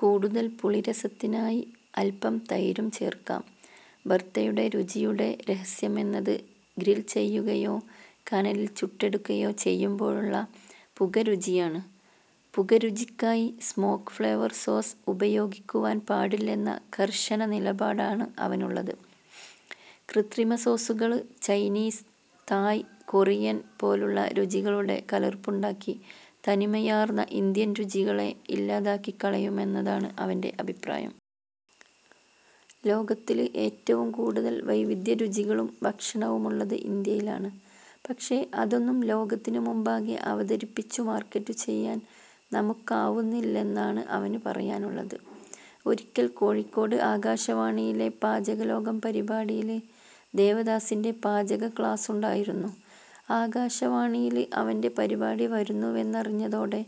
കൂടുതല് പുളിരസത്തിനായി അല്പം തൈരും ചേര്ക്കാം. ബര്ത്തയുടെ രുചിയുടെ രഹസ്യമെന്നത് ഗ്രില്ചെയ്യുകയോ കനലില് ചുട്ടെടുക്കുകയോ ചെയ്യുമ്പോളുള്ള പുകരുചിയാണ്. പുകരുചിക്കായി 'സ്മോക്ക് ഫ്ലേവര് സോസ്' ഉപയോഗിക്കുവാന് പാടില്ലെന്ന കര്ശനനിലപാടാണ് അവനുള്ളത്. കൃത്രിമസോസുകള് ചൈനീസ്, തായ്, കൊറിയന് പോലുള്ള രുചികളുടെ കലര്പ്പുണ്ടാക്കി തനിമയാര്ന്ന ഇന്ത്യന്രുചികളെ ഇല്ലാതാക്കികളയുമെന്നതാണ് അവന്റെ അഭിപ്രായം. ലോകത്തില് ഏറ്റവുംകൂടുതല് വൈവിധ്യരുചികളും ഭക്ഷണവുമുള്ളത് ഇന്ത്യയിലാണ് പക്ഷെ അതൊന്നും ലോകത്തിനു മുമ്പാകെ അവതരിപ്പിച്ചു മാര്ക്കറ്റുചെയ്യാന് നമുക്കാവുന്നില്ലെന്നാണ് അവന് പറയാറുള്ളത്. ഒരിക്കല് കോഴിക്കോട് ആകാശവാണിയിലെ 'പാചകലോകം' പരിപാടിയില് ദേവദാസിന്റെ പാചക ക്ലാസ്സുണ്ടായിരുന്നു. ആകാശവാണിയില് അവന്റെ പരിപാടി വരുന്നുവെന്നറിഞ്ഞതോടെ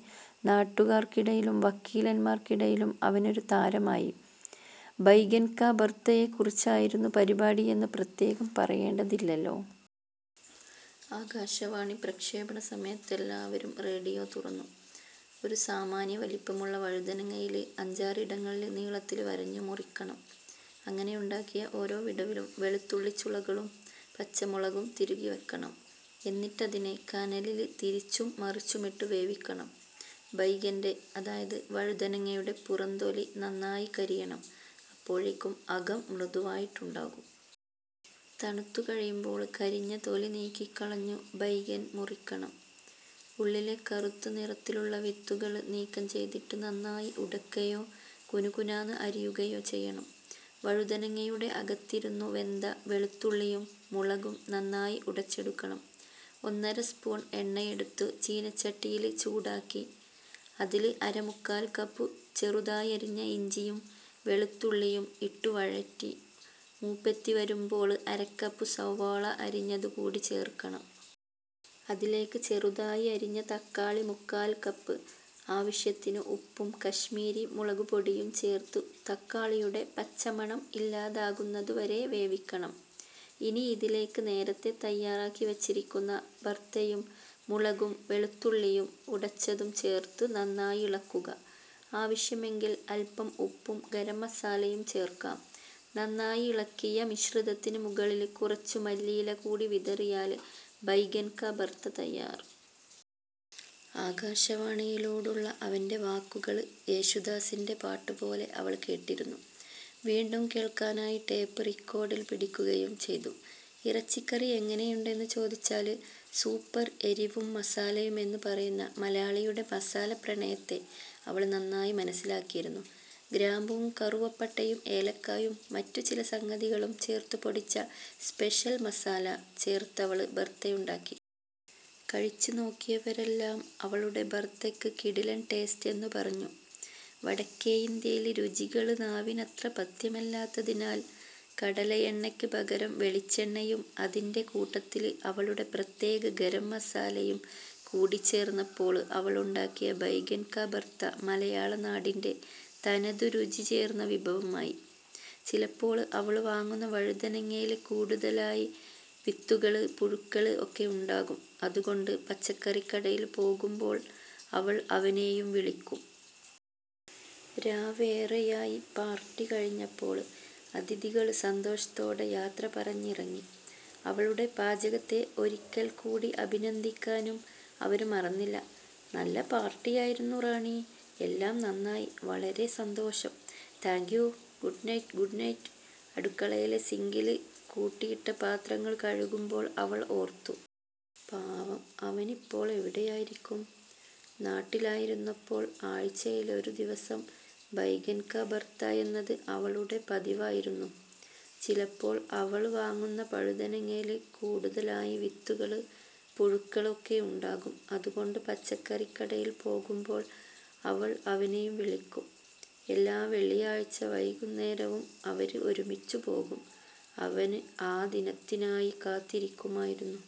നാട്ടുകാര്ക്കിടയിലും വക്കീലമ്മാര്ക്കിടയിലും അവനൊരു താരമായി. 'ബൈഗന് കാ ബര്ത്ത'യെക്കുറിച്ചായിരുന്നു പരിപാടിയെന്നു പ്രത്യേകം പറയേണ്ടതില്ലല്ലോ? ആകാശവാണി പ്രക്ഷേപണ സമയത്തെല്ലാവരും റേഡിയോ തുറന്നു. ''..... ഒരു സാമാന്യ വലിപ്പമുള്ള വഴുതനങ്ങയില് അഞ്ചാറിടങ്ങളില് നീളത്തില് വരഞ്ഞു മുറിക്കണം. അങ്ങനെയുണ്ടാക്കിയ ഓരോ വിടവിലും വെളുത്തുള്ളിച്ചുളകളും പച്ചമുളകും തിരുകിവയ്ക്കണം. എന്നിട്ടതിനെ കനലില് തിരിച്ചുംമറിച്ചുമിട്ടു വേവിക്കണം. ബൈഗന്റെ, അതായത് വഴുതനങ്ങയുടെ പുറംതൊലി നന്നായി കരിയണം. അപ്പോഴേക്കും അകം മൃദുവായിട്ടുണ്ടാകും. തണുത്തുകഴിയുമ്പോള് കരിഞ്ഞ തൊലിനീക്കികളഞ്ഞു ബൈഗന് മുറിക്കണം. ഉള്ളിലെ കറുത്തനിറത്തിലുള്ള വിത്തുകള് നീക്കംചെയ്തിട്ട് നന്നായി ഉടയ്ക്കയോ കുനുകുനാന്നു അരിയുകയോ ചെയ്യണം. വഴുതനങ്ങയുടെ അകത്തിരുന്നു വെന്ത വെളുത്തുള്ളിയും മുളകും നന്നായി ഉടച്ചെടുക്കണം. ഒന്നര സ്പൂണ് എണ്ണയെടുത്തു ചീനച്ചട്ടിയില് ചൂടാക്കി, അതില് അരമുക്കാല് കപ്പു ചെറുതായരിഞ്ഞ ഇഞ്ചിയും വെളുത്തുള്ളിയും ഇട്ടുവഴറ്റി മൂപ്പെത്തിവരുമ്പോള് അരക്കപ്പു സവോള അരിഞ്ഞതുകൂടി ചേര്ക്കണം. അതിലേക്ക് ചെറുതായി അരിഞ്ഞ തക്കാളി മുക്കാല്കപ്പ്, ആവശ്യത്തിനു ഉപ്പും കശ്മീരി മുളകുപൊടിയും ചേര്ത്തു തക്കാളിയുടെ പച്ചമണം ഇല്ലാതാകുന്നതുവരെ വേവിക്കണം. ഇനി ഇതിലേക്ക് നേരത്തെ തയ്യാറാക്കി വച്ചിരിക്കുന്ന ബര്ത്തയും മുളകും വെളുത്തുള്ളിയും ഉടച്ചതും ചേര്ത്തു നന്നായിളക്കുക. ആവശ്യമെങ്കില് അല്പം ഉപ്പും ഗരംമസാലയും ചേര്ക്കാം. നന്നായിളക്കിയ മിശ്രിതത്തിന് മുകളില് കുറച്ചു മല്ലിയില കൂടി വിതറിയാല് ബൈഗന് കാ ബര്ത്ത തയ്യാര്. '' ആകാശവാണിയിലൂടുള്ള അവന്റെ വാക്കുകള് യേശുദാസിന്റെ പാട്ടുപോലെ അവള് കേട്ടിരിന്നു. വീണ്ടും കേള്ക്കാനായി ടേപ്പ് റിക്കോര്ഡില് പിടിക്കുകയും ചെയ്തു. ഇറച്ചിക്കറി എങ്ങനെയുണ്ടെന്നു ചോദിച്ചാല് 'സൂപ്പര് എരിവും മസാലയു'മെന്നു പറയുന്ന മലയാളിയുടെ മസാല പ്രണയത്തെ അവള് നന്നായി മനസ്സിലാക്കിയിരുന്നു. ഗ്രാമ്പുവും കറുവപ്പട്ടയും ഏലക്കായും മറ്റുചിലസംഗതികളും ചേര്ത്തുപൊടിച്ച 'സ്പെഷ്യല് മസാല' ചേര്ത്തവള് ബര്ത്തയുണ്ടാക്കി. കഴിച്ചുനോക്കിയവരെല്ലാം അവളുടെ ബര്ത്തക്കു 'കിടിലന് ടേസ്റ്റെന്നു' പറഞ്ഞു. വടക്കേയിന്ത്യന് രുചികള് നാവിനത്ര പഥ്യമല്ലാത്തതിനാല് കടലയെണ്ണയ്ക്ക് പകരം വെളിച്ചെണ്ണയും അതിന്റെ കൂട്ടത്തില് അവളുടെ പ്രത്യേക ഗരംമസാലയും കൂടിച്ചേര്ന്നപ്പോള് അവളുണ്ടാക്കിയ ബൈഗന് കാ ബര്ത്ത മലയാളനാടിന്റെ തനതു രുചിചേര്ന്ന വിഭവമായി. ചിലപ്പോള് അവള് വാങ്ങുന്ന വഴുതനങ്ങയില് കൂടുതലായി വിത്തുകള്, പുഴുക്കള് ഒക്കെയുണ്ടാകും അതുകൊണ്ട് പച്ചക്കറികടയില് പോകുമ്പോള് അവള് അവനെയും വിളിക്കും. രാവേറെയായി പാര്ട്ടി കഴിഞ്ഞപ്പോള്. അതിഥികള് സന്തോഷത്തോടെ യാത്ര പറഞ്ഞിറങ്ങി. അവളുടെ പാചകത്തെ ഒരിക്കല് കൂടി അഭിനന്ദിക്കാനും അവര് മറന്നില്ല 'നല്ല പാര്ട്ടിയായിരുന്നു, റാണി. എല്ലാം നന്നായി, വളരെ സന്തോഷം'' 'thank you'' 'good night'' ''good night'' അടുക്കളയിലെ സിങ്കില് കൂട്ടിയിട്ട പാത്രങ്ങള് കഴുകുമ്പോള് അവള് ഓര്ത്തു. 'പാവം. അവനിപ്പോള് എവിടെയായിരിക്കും? ' നാട്ടിലായിരുന്നപ്പോള് ആഴ്ചയിലൊരു ദിവസം 'ബൈഗന് കാ ബര്ത്താ'യെന്നത് അവളുടെ പതിവായിരുന്നു. ചിലപ്പോള് അവള് വാങ്ങുന്ന വഴുതനങ്ങയില് കൂടുതലായി വിത്തുകള്, പുഴുക്കള് ഒക്കെയുണ്ടാകും അതുകൊണ്ട് പച്ചക്കറികടയില് പോകുമ്പോള് അവള് അവനെയും വിളിക്കും. എല്ലാ വെള്ളിയാഴ്ച വൈകുന്നേരവും അവര് ഒരുമിച്ചുപോകും. അവന് ആ ദിനത്തിനായി കാത്തിരിക്കുമായിരുന്നു.